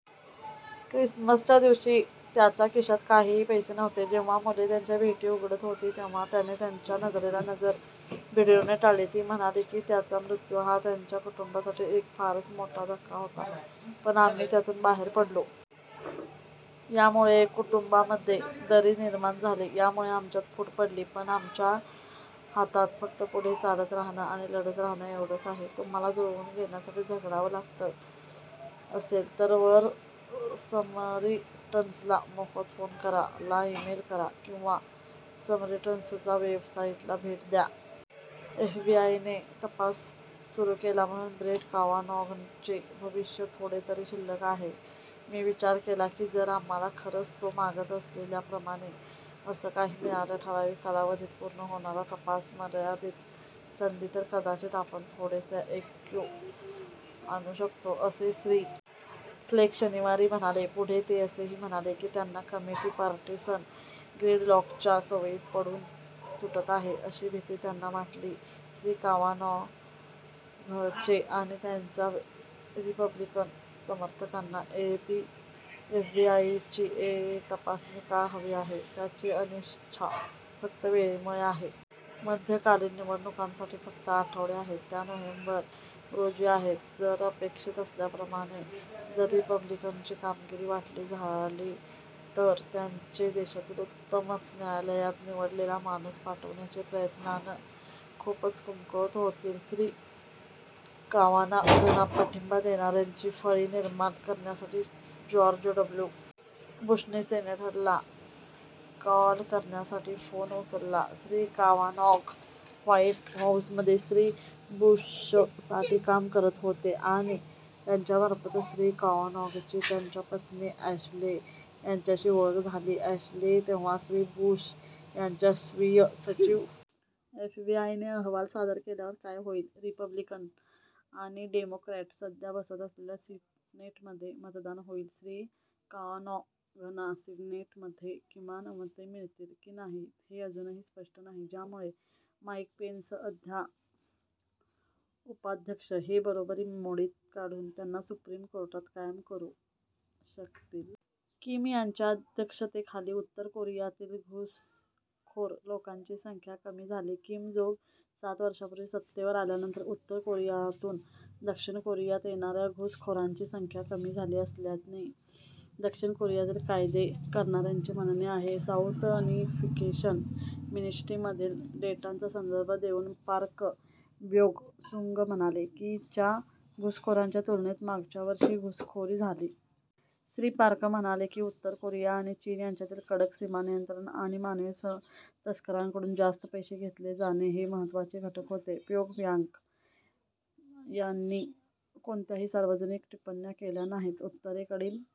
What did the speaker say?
ख्रिसमसच्या दिवशी त्याचा खिशात काहीही पैसे नव्हते जेव्हा मुले त्यांच्या भेटी उघडत होती तेव्हा त्याने त्यांच्या नजरेला नजर भिडवणे टाळले. " ती म्हणाली की, त्याचा मृत्यू हा त्यांच्या कुटुंबासाठी एक फारच मोठा धक्का होता, पण आम्ही त्यातून बाहेर पडलो. "यामुळे कुटुंबामध्ये दरी निर्माण झाली. यामुळे आमच्यात फूट पडली. पण आमच्या हातात फक्त पुढे चालत राहणं आणि लढत राहणं एवढंच आहे. " तुम्हाला जुळवून घेण्यासाठी झगडावं लागत असेल तर वर समरिटन्सला मोफत फोन करा, ला इमेल करा किंवा समरिटन्सच्या वेबसाईटला भेट द्या. एफबीआयने तपास सुरू केला म्हणून ब्रेट कावानॉघचे भविष्य थोडेतरी शिल्लक आहे "मी विचार केला की, जर आम्हाला खरंच तो मागत असलेल्याप्रमाणे असं काही मिळालं ठराविक कालावधीत पूर्ण होणारा तपास, मर्यादित संधी तर कदाचित आपण थोडेसे ऐक्य आणू शकतो," असे श्री. फ्लेक शनिवारी म्हणाले, पुढे ते असेही म्हणाले की त्यांना कमिटी पार्टीसन ग्रीडलॉकच्या सवयीत पडून "तुटत" आहे अशी भीती त्यांना वाटली. श्री. कावानॉघचे आणि त्यांच्या रिपब्लिकन समर्थकांना एफबीआयची तपासणी का हवी आहे? त्यांची अनिच्छा फक्त वेळेमुळे आहे. मध्यकालीन निवडणुकांसाठी फक्त आठवडे आहेत, त्या नोव्हेंबर रोजी आहेत जर अपेक्षित असल्याप्रमाणे जर रिपब्लिकनची कामगिरी वाईट झाली, तर त्यांचे देशातील उच्चतम न्यायालयात निवडलेला माणूस पाठवण्याचे प्रयत्नात खूपच कमकुवत होतील. श्री. कावानॉघना पाठिंबा देणाऱ्यांची फळी निर्माण करण्यासाठी जॉर्ज डब्लू. बुशनी सेनेटरना कॉल करण्यासाठी फोन उचलला. श्री. कावानॉघ व्हाईट हाउसमध्ये श्री. बुशसाठी काम करत होते आणि त्यांच्यामार्फतच श्री. कावानॉघची त्यांच्या पत्नी अॅशले यांच्याशी ओळख झाली, अॅशले तेव्हा श्री. बुश यांच्या स्वीय सचिव होत्या. एफबीआयने अहवाल सादर केल्यावर काय होईल? रिपब्लिकन आणि डेमोक्रॅट सध्या बसत असलेल्या सीनेटमध्ये मतदान होईल. श्री कावानॉघना सीनेटमध्ये किमान मते मिळतील की नाही हे अजूनही स्पष्ट नाही, ज्यामुळे माईक पेन्स, उपाध्यक्ष हे बरोबरी मोडीत काढून त्यांना सुप्रीम कोर्टात कायम करू शकतील. किम यांच्या अध्यक्षतेखाली उत्तर कोरियातील घुसखोर लोकांची संख्या "कमी" झाली किम जोंग सात वर्षापूर्वी सत्तेवर आल्यानंतर उत्तर कोरियातून दक्षिण कोरियात येणाऱ्या घुसखोरांची संख्या कमी झाली असल्याचे, दक्षिण कोरियातील कायदे करणाऱ्यांचे म्हणणे आहे. साउथ उनिफिकेशन मिनिस्ट्री मधील डेटाचा संदर्भ देऊन पार्क ब्योंग-सुंग म्हणाले की, च्या घुसखोरांच्या तुलनेत मागच्या वर्षी घुसखोरी झाली. श्री. पार्क म्हणाले की, उत्तर कोरिया आणि चीन यांच्यातील कडक सीम नियंत्रण आणि मानवी तस्करांकडून जास्त पैसे घेतले जाणे हे महत्त्वाचे घटक होते. प्योंगयांग यांनी कोणत्याही सार्वजनिक टिप्पण्या केल्या नाहीत. उत्तरेकडील